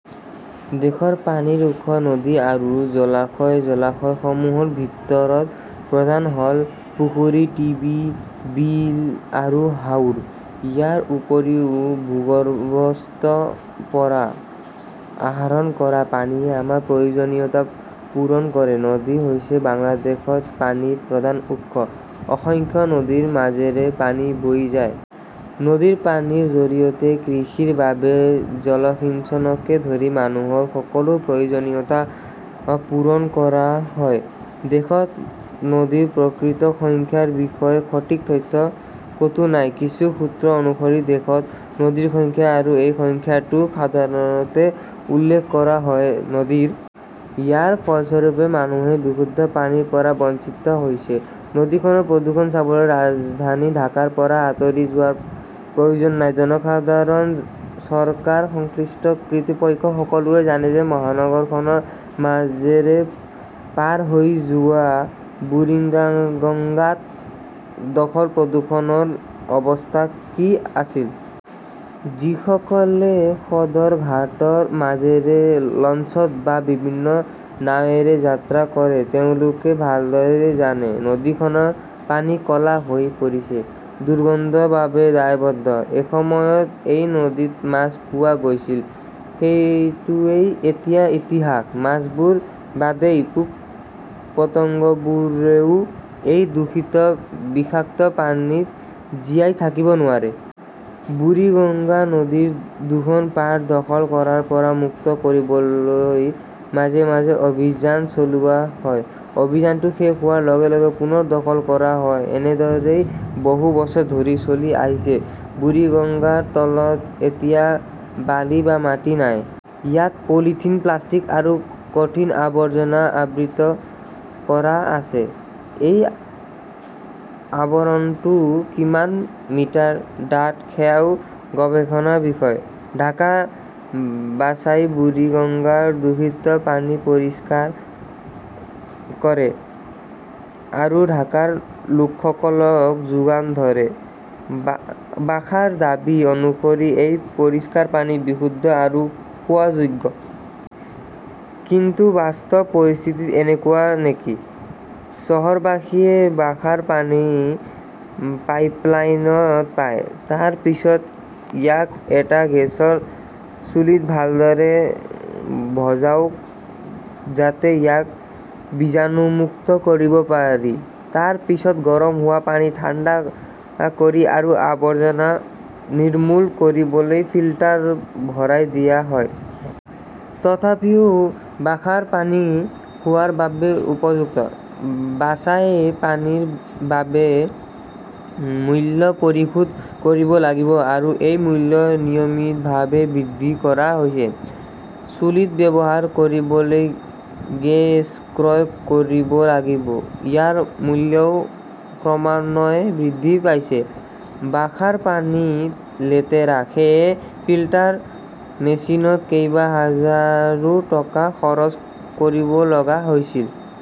দেশৰ পানীৰ উৎস নদী আৰু জলাশয়। জলাশয়সমূহৰ ভিতৰত প্ৰধান হ'ল পুখুৰী, ঢিবি, বিল আৰু হাওৰ। ইয়াৰ উপৰিও ভূগৰ্ভস্থ পৰা আহৰণ কৰা পানীয়ে আমাৰ প্ৰয়োজনীয়তা পূৰণ কৰে। নদী হৈছে বাংলাদেশত পানীৰ প্ৰধান উৎস। অসংখ্য নদীৰ মাজেৰে পানী বৈ যায়। নদীৰ পানীৰ জৰিয়তে কৃষিৰ বাবে জলসিঞ্চনকে ধৰি মানুহৰ সকলো প্ৰয়োজনীয়তা পূৰণ কৰা হয়। দেশত নদীৰ প্ৰকৃত সংখ্যাৰ বিষয়ে সঠিক তথ্য ক'তো নাই। কিছু সূত্ৰ অনুসৰি, দেশত নদীৰ সংখ্যা আৰু এই সংখ্যাটো সাধাৰণতে উল্লেখ কৰা হয়। নদীৰ ইয়াৰ ফলস্বৰূপে মানুহে বিশুদ্ধ পানীৰ পৰা বঞ্চিত হৈছে। নদীখনৰ প্ৰদূষণ চাবলৈ ৰাজধানী ঢাকাৰ পৰা আঁতৰি যোৱাৰ প্ৰয়োজন নাই। জনসাধাৰণ, চৰকাৰ, সংশ্লিষ্ট কিৰ্তৃপক্ষ সকলোৱে জানে যে মহানগৰখনৰ মাজেৰে পাৰ হৈ যোৱা বুৰিগাংগাত দখল-প্ৰদূষণৰ অৱস্থা কি আছিল। যিসকলে সদৰঘাটৰ মাজেৰে লঞ্চত বা বিভিন্ন নাৱেৰে যাত্ৰা কৰে তেওঁলোকে ভালদৰে জানে। নদীখনৰ পানী ক'লা হৈ পৰিছে। দুৰ্গন্ধৰ বাবে দায়বদ্ধ। এসময়ত এই নদীত মাছ পোৱা গৈছিল। সেইটোৱেই এতিয়া ইতিহাস। মাছবোৰ বাদেই পোক-পতংগবোৰেও এই দূষিত বিষাক্ত পানীত জীয়াই থাকিব নোৱাৰে। বুৰিগঙ্গা নদীৰ দুখন পাৰ দখল কৰাৰ পৰা মুক্ত কৰিবলৈ মাজে মাজে অভিযান চলোৱা হয়। অভিযানটো শেষ হোৱাৰ লগে লগে পুনৰ দখল কৰা হয়। এনেদৰেই বহু বছৰ ধৰি চলি আহিছে। বুৰিগঙ্গাৰ তলত এতিয়া বালি বা মাটি নাই। ইয়াত পলিথিন, প্লাষ্টিক আৰু কঠিন আৱৰ্জনা আবৃত কৰা আছে। এই আৱৰণটো কিমান মিটাৰ ডাঠ সেয়াও গৱেষণাৰ বিষয়। ঢাকা ৱাছাই বুৰিগঙ্গাৰ দূষিত পানী পৰিষ্কাৰ কৰে আৰু ঢাকাৰ লোকসকলক যোগান ধৰে। ৱাসাৰ দাবী অনুসৰি এই পৰিষ্কাৰ পানী বিশুদ্ধ আৰু খোৱাৰ যোগ্য। কিন্তু বাস্তৱ পৰিস্থিতি এনেকুৱা নেকি? চহৰবাসীয়ে ৱাসাৰ পানী পাইপলাইনত পায়। তাৰ পিছত ইয়াক এটা গেছৰ চুলিত ভালদৰে ভজাওক যাতে ইয়াক ৱীজাণুমুক্ত কৰিব পাৰি। তাৰ পিছত গৰম হোৱা পানী ঠাণ্ডা কৰি আৰু আৱৰ্জনা নিৰ্মূল কৰিবলৈ ফিল্টাৰ ভৰাই দিয়া হয়। তথাপিও ৱাসাৰ পানী খোৱাৰ বাবে উপযুক্ত। ৱাছাই পানীৰ বাবে মূল্য পৰিশোধ কৰিব লাগিব আৰু এই মূল্য নিয়মিতভাৱে বৃদ্ধি কৰা হৈছে। চুলিত ব্যৱহাৰ কৰিবলৈ গেছ ক্ৰয় কৰিব লাগিব। ইয়াৰ মূল্যও ক্ৰমান্বয়ে বৃদ্ধি পাইছে। ৱাসাৰ পানী লেতেৰা, সেয়ে ফিল্টাৰ মেচিনত কেইবাহাজাৰো টকা খৰচ কৰিব লগা হৈছিল।